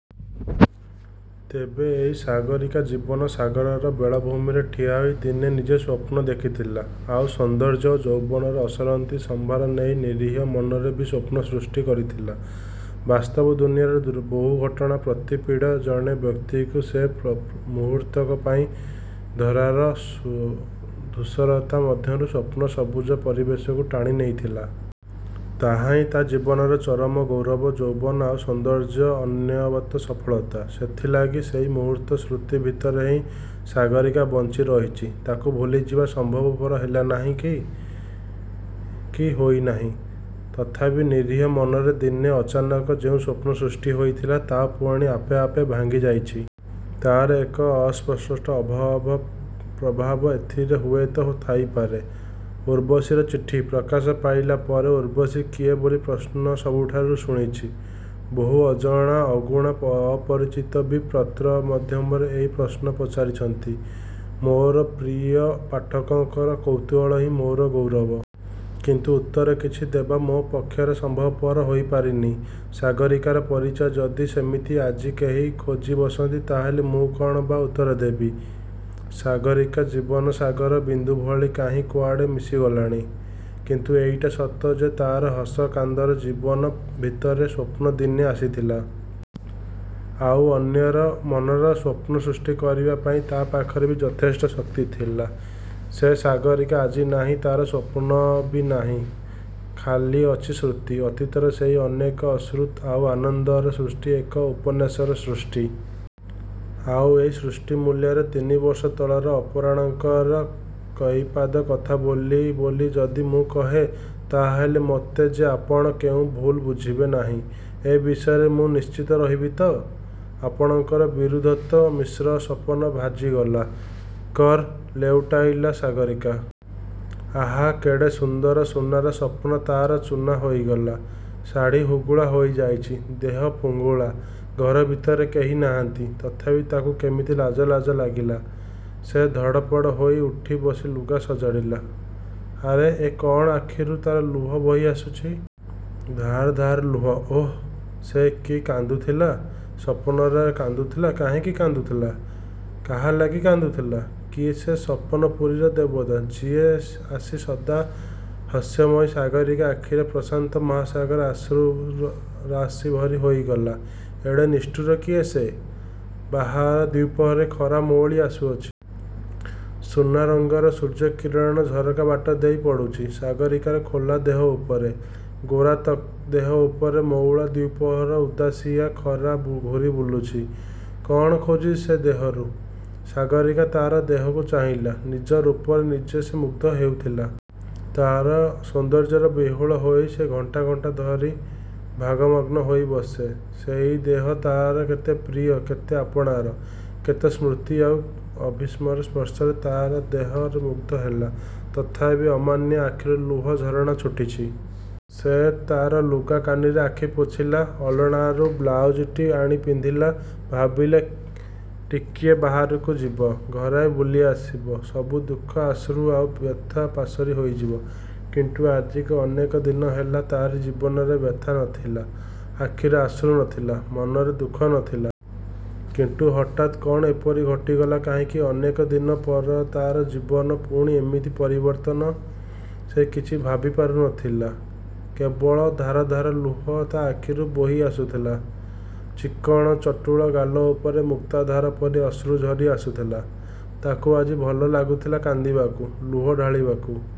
ତେବେ ଏଇ ସାଗରୀକା ଜୀବନ ସାଗରର ବେଳାଭୂମିରେ ଠିଆହୋଇ ଦିନେ ନିଜେ ସ୍ୱପ୍ନ ଦେଖିଥିଲା–ଆଉ ସୌନ୍ଦର୍ଯ୍ୟ ଓ ଯୌବନର ଅସରନ୍ତି ସମ୍ଭାର ନେଇ, ନୀହାର ମନରେ ବି ସ୍ୱପ୍ନ ସୃଷ୍ଟି କରିଥିଲା। ବାସ୍ତବଦୁନିଆର ବହୁଘଟଣା ପ୍ରପୀଡ଼ିତ, ଜଣେ ବ୍ୟକ୍ତିକୁ; ସେ ମୁହୂର୍ତ୍ତକ ପାଇଁ, ଧରାର-ଧୂଷରତା ମଧ୍ୟରୁ ସ୍ୱପ୍ନର ସବୁଜ ପରିବେଶକୁ ଟାଣିନେଇଥିଲା। ତାହାହିଁ ତା' ଜୀବନର ଚରମ ଗୌରବ; ଯୌବନ ଆଉ ସୌନ୍ଦର୍ଯ୍ୟର ଅନବଦ୍ୟ ସଫଳତା। ସେଇଥିଲାଗି ସେଇ ମୁହୂର୍ତ୍ତର ସ୍ମୃତି ଭିତରେ ହିଁ ସାଗରୀକା ବଞ୍ଚି ରହିଛି–ତାକୁ ଭୁଲିଯିବା ସମ୍ଭବପର ହେଲା ନାହିଁ, କି ହୋଇ ନାହିଁ-। ତଥାପି ନୀହାର ମନରେ ଦିନେ ଅଚାନକ ଯେଉଁ ସ୍ୱପ୍ନ ସୃଷ୍ଟି ହୋଇଥିଲା, ତା' ପୁଣି ଆପେ ଆପେ ଭାଙ୍ଗିଯାଇଛି। ତା'ର ଏକ ଅସ୍ପଷ୍ଟ ପ୍ରଭାବ, ଏଥିରେ ହୁଏତ ଥାଇପାରେ। 'ଉର୍ବଶୀର ଚିଠି' ପ୍ରକାଶ ପାଇଲା ପରେ ଉର୍ବଶୀ କିଏ ବୋଲି ପ୍ରଶ୍ନ ସବୁଠାରୁ ଶୁଣିଛି। ବହୁ ଅଜଣା ଅଶୁଣା ଅପରିଚିତ ବି ପତ୍ର ମାଧ୍ୟମରେ ଏଇ ପ୍ରଶ୍ନ ପଚାରିଛନ୍ତି। ମୋର ପ୍ରିୟ ପାଠକମାନଙ୍କର କୌତୂହଳ ହିଁ ମୋର ଗୌରବ। କିନ୍ତୁ ଉତ୍ତର କିଛି ଦେବା ମୋ ପକ୍ଷରେ ସମ୍ଭବପର ହୋଇପାରିନି। ସାଗରୀକାର ପରିଚୟ ଯଦି ସେମିତି ଆଜି କେହି ଖୋଜିବସନ୍ତି ତା'ହେଲେ ମୁଁ କ'ଣ ବା ଉତ୍ତର ଦେବି? ସାଗରୀକା ଜୀବନସାଗରରେ ବିନ୍ଦୁ ଭଳି କାହିଁ କୁଆଡ଼େ ମିଶିଗଲାଣି। କିନ୍ତୁ ଏଇଟା ସତ ଯେ ତା'ର ହସ କାନ୍ଦର ଜୀବନ ଭିତରେ ସ୍ୱପ୍ନ ଦିନେ ଆସିଥିଲା। ଆଉ ଅନ୍ୟର ମନରେ ସ୍ୱପ୍ନ ସୃଷ୍ଟି କରିବା ପାଇଁ ତା' ପାଖରେ ବି ଯଥେଷ୍ଟ ଶକ୍ତି ଥିଲା। ସେ ସାଗରୀକା ଆଜି ନାହିଁ–ତା'ର ସେ ସ୍ୱପ୍ନ ବି ନାହିଁ; ଅଛି ଖାଲି ସ୍ମୃତି। ଅତୀତର ସେଇ ଅନେକ ଅଶ୍ରୁ ଆଉ ଆନନ୍ଦର ସ୍ମୃତିରୁ ଏଇ ଉପନ୍ୟାସର ସୃଷ୍ଟି। ଆଉ ଏଇ ସୃଷ୍ଟି ମୂଳରେ, ତିନିବର୍ଷ ତଳର ଆପରଙ୍କର କେଇପଦ କଥା ଅଛି ବୋଲି ଯଦି ମୁଁ କହେ; ତା'ହେଲେ ମୋତେ ଯେ ଆପଣ କେଭେଁ ଭୁଲ୍-ବୁଝିବେ ନାହିଁ, ଏ ବିଷୟରେ ମୁଁ ନିଶ୍ଚିତ ରହିବି ତ-? ଆପଣଙ୍କର ବିଭୁଦତ୍ତ ମିଶ୍ର ସପନ ଭାଜିଗଲା। କର୍ ଲେଉଟାଇଲା ସାଗରୀକା। ଆହା କେଡ଼େ ସୁନ୍ଦର ସୁନାର-ସପନ ତା'ର ଚୂନା ହୋଇଗଲା। ଶାଢ଼ି ହୁଗୁଳା ହୋଇଯାଇଛି। ଦେହ ଫୁଙ୍ଗୁଳା। ଘର ଭିତରେ କେହି ନାହାନ୍ତି, ତଥାପି ତାକୁ କେମିତି ଲାଜ ଲାଜ ଲାଗିଲା। ସେ ଧଡ଼ପଡ଼ ହୋଇ ଉଠି ବସି ଲୁଗା ସଜାଡ଼ିଲା। ଆରେ ଏ କ'ଣ–ଆଖିରୁ ତା'ର ଲୁହ ବହି ଆସୁଛି। ଧାର ଧାର ଲୁହ। ଓଃ ସେ ତେବେ କାନ୍ଦୁଥିଲା। ସପନରେ କାନ୍ଦୁଥିଲା। କାହିଁକି କାନ୍ଦୁଥିଲା? କାହାଲାଗି କାନ୍ଦୁଥିଲା? କିଏ ସେ ସପନପୁରୀର ଦେବତା। ଯିଏ ଆସି ସଦା ହାସ୍ୟମୟା ସାଗରୀକା ଆଖିରେ ପ୍ରଶାନ୍ତ ମହାସାଗରର ଅଶ୍ରୁରାଶି ଭରି ଦେଇଗଲା। ଏଡ଼େ ନିଷ୍ଠୁର, କିଏ ସେ? ବାହାରେ ଦ୍ୱିପ୍ରହରର ଖରା ମଉଳି ଆସୁଛି। ସୁନା ରଙ୍ଗର ସୂର୍ଯ୍ୟ କିରଣ ଝରକା ବାଟ ଦେଇ ପଡ଼ୁଛି, ସାଗରୀକାର ଖୋଲା ଦେହ ଉପରେ। ଗୋରା ତକ୍ତକ୍ ଦେହ ଉପରେ ମଉଳା ଦ୍ୱିପ୍ରହରର ଉଦାସିଆ ଖରା ଘୂରି ବୁଲୁଛି। କ'ଣ ଖୋଜୁଛି ସେ ଦେହରୁ। ସାଗରୀକା ତା' ଦେହକୁ ଚାହିଁଲା। ନିଜର ରୂପରେ ଦିନେ ସେ ମୁଗ୍ଧ ହେଉଥିଲା। ତା'ର ସୌନ୍ଦର୍ଯ୍ୟରେ ବିହ୍ୱଳ ହୋଇ ସେ ଘଣ୍ଟା ଘଣ୍ଟା ଧରି ଭାବମଗ୍ନ ହୋଇ ବସେ। ସେଇ ଦେହ, ତା'ର କେତେ ପ୍ରିୟ, କେତେ ଆପଣାର। କେତେ ସ୍ମୃତି ଆଉ ସୁରଭିର ସ୍ପର୍ଶ ତା'ର ଦେହରେ। ସେ ମୁଗ୍ଧ ହେଲା। ତଥାପି ଅମାନିଆଁ ଆଖିରୁ ଲୁହର ଝରଣା ଛୁଟିଛି। ସେ ତା' ଲୁଗା କାନିରେ ଆଖି ପୋଛିଲା। ଆଲଣାରୁ ବ୍ଲାଉଜଟି ଆଣି ପିନ୍ଧିଲା। ଭାବିଲା–ଟିକିଏ ବାହାରକୁ ଯିବ। ଘେରାଏ ବୁଲି ଆସିବ। ସବୁ ଦୁଃଖ, ଅଶ୍ରୁ ଆଉ ବ୍ୟଥା ପାସୋର ହୋଇଯିବ। କିନ୍ତୁ ଆଜିକୁ ତ ଅନେକ ଦିନ ହେଲା ତାରି ଜୀବନରେ ବ୍ୟଥା ନଥିଲା; ଆଖିରେ ଅଶ୍ରୁ ନଥିଲା, ମନରେ ଦୁଃଖ ନଥିଲା। କିନ୍ତୁ ହଠାତ୍ କ'ଣ ଏପରି ଘଟିଗଲା। କାହିଁକି ଅନେକ ଦିନ ପରେ ତା'ର। ଜୀବନରେ ପୁଣି ଏମିତି ପରିବର୍ତ୍ତନ। ସେ କିଛି ଭାବିପାରୁ ନଥିଲା। କେବଳ ଧାର ଧାର ଲୁହ ତା' ଆଖିରୁ ବୋହି ଆସୁଥିଲା। ଚିକ୍କଣ ଚଟୁଳ ଗାଲ ଉପରେ ମୁକ୍ତାଧାର ପରି ଅଶ୍ରୁ ଝରି ଆସୁଥିଲା। ତାକୁ ଆଜି ଭଲ ଲାଗୁଥିଲା କାନ୍ଦିବାକୁ, ଲୁହ ଢାଳିବାକୁ।